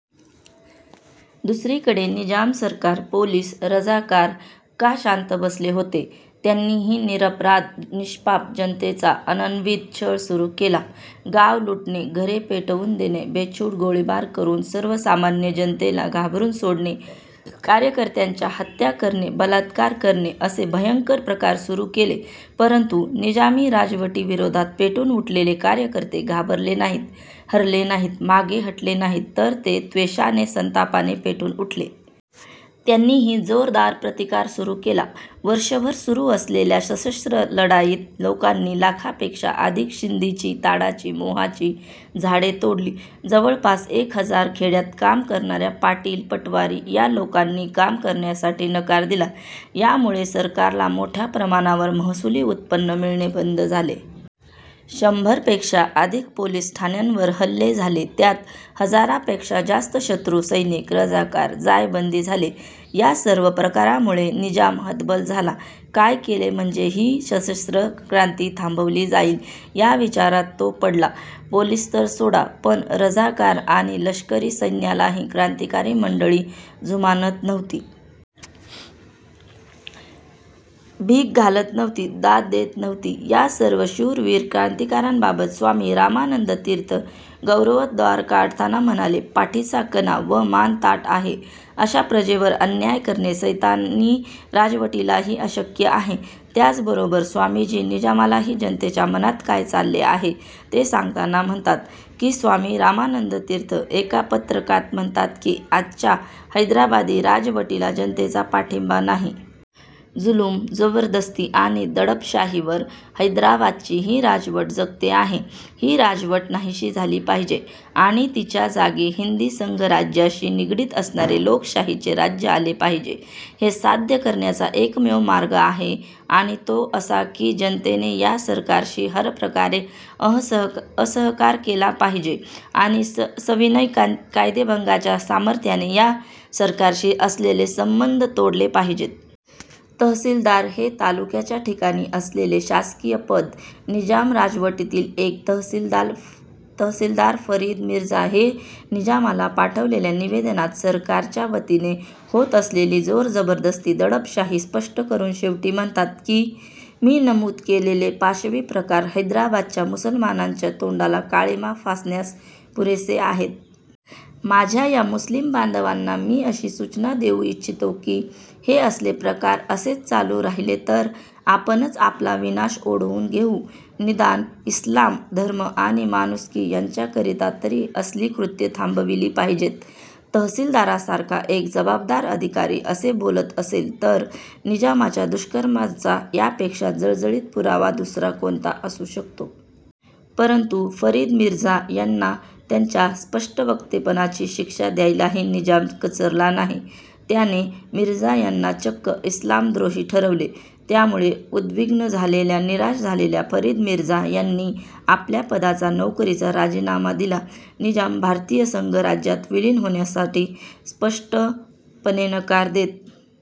दुसरीकडे निजाम सरकार, पोलीस, रझाकार का शांत बसले होते? त्यांनीही निरपराध, निष्पाप जनतेचा अनन्वित छळ सुरू केला. गाव लुटणे, घरे पेटवून देणे, बेछूट गोळीबार करून सर्वसामान्य जनतेला घाबरून सोडणे, कार्यकर्त्यांच्या हत्या करणे, बलात्कार करणे असे भयंकर प्रकार सुरू केले, परंतु निजामी राजवटीविरोधात पेटून उठलेले कार्यकर्ते घाबरले नाहीत, हरले नाहीत, मागे हटले नाहीत, तर ते त्वेषाने, संतापाने पेटून उठले. त्यांनीही जोरदार प्रतिकार सुरू केला. वर्षभर सुरू असलेल्या सशस्त्र लढाईत लोकांनी लाखापेक्षा अधिक शिंदीची, ताडाची, मोहाची झाडे तोडली. जवळपास एक हजार खेड्यात काम करणाऱ्या पाटील, पटवारी या लोकांनी काम करण्यासाठी नकार दिला. यामुळे सरकारला मोठ्या प्रमाणावर महसुली उत्पन्न मिळणे बंद झाले. शंभरपेक्षा अधिक पोलीस ठाण्यांवर हल्ले झाले. त्यात हजारपेक्षा जास्त शत्रू सैनिक, रझाकार जायबंदी झाले. या सर्व प्रकारामुळे निजाम हतबल झाला. काय केले म्हणजे ही सशस्त्र क्रांती थांबवली जाईल, या विचारात तो पडला. पोलीस तर सोडा, पण रझाकार आणि लष्करी सैन्यालाही क्रांतिकारी मंडळी जुमानत नव्हती. भीक घालत नव्हती. दाद देत नव्हती. या सर्व शूरवीर क्रांतिकारकांबाबत स्वामी रामानंद तीर्थ गौरवोद्गार काढताना म्हणाले, पाठीचा कणा व मान ताठ आहे अशा प्रजेवर अन्याय करणे सैतानी राजवटीलाही अशक्य असते. त्याचबरोबर स्वामीजी निजामालाही जनतेच्या मनात काय चालले आहे ते सांगताना म्हणतात की, स्वामी रामानंद तीर्थ एका पत्रकात म्हणतात की, आजच्या हैदराबादी राजवटीला जनतेचा पाठिंबा नाही. जुलूम, जबरदस्ती आणि दडपशाहीवर हैदराबादची ही राजवट जगते आहे. ही राजवट नाहीशी झाली पाहिजे आणि तिच्या जागी हिंदी संघराज्याशी निगडित असणारे लोकशाहीचे राज्य आले पाहिजे. हे साध्य करण्याचा एकमेव मार्ग आहे आणि तो असा की जनतेने या सरकारशी हरप्रकारे असहकार केला पाहिजे आणि सविनय कायदेभंगाच्या सामर्थ्याने या सरकारशी असलेले संबंध तोडले पाहिजेत. तहसीलदार हे तालुक्याच्या ठिकाणी असलेले शासकीय पद! निजाम राजवटीतील एक तहसीलदार फरीद मिर्झा हे निजामाला पाठवलेल्या निवेदनात सरकारच्यावतीने होत असलेली जोरजबरदस्ती, दडपशाही स्पष्ट करून शेवटी म्हणतात की, मी नमूद केलेले पाशवी प्रकार हैदराबादच्या मुसलमानांच्या तोंडाला काळिमा फासण्यास पुरेसे आहेत. माझ्या मुस्लीम बांधवांना मी अशी सूचना देऊ इच्छितो की हे असले प्रकार असेच चालू राहिले तर आपणच आपला विनाश ओढवून घेऊ. निदान इस्लाम धर्म आणि माणुसकी यांच्याकरिता तरी असली कृत्ये थांबविली पाहिजेत. तहसीलदारसारखा एक जबाबदार अधिकारी असे बोलत असेल तर निजामाच्या दुष्कर्माचा यापेक्षा जळजळीत पुरावा दुसरा कोणता असू शकतो? परंतु फरीद मिर्झा यांना त्यांच्या स्पष्टवक्तेपणाची शिक्षा द्यायलाही निजाम कचरला नाही. त्याने मिर्झा यांना चक्क इस्लामद्रोही ठरवले. त्यामुळे उद्विग्न झालेल्या, निराश झालेल्या फरीद मिर्झा यांनी आपल्या पदाचा, नोकरीचा राजीनामा दिला. निजाम भारतीय संघराज्यात विलीन होण्यासाठी स्पष्टपणे नकार देत.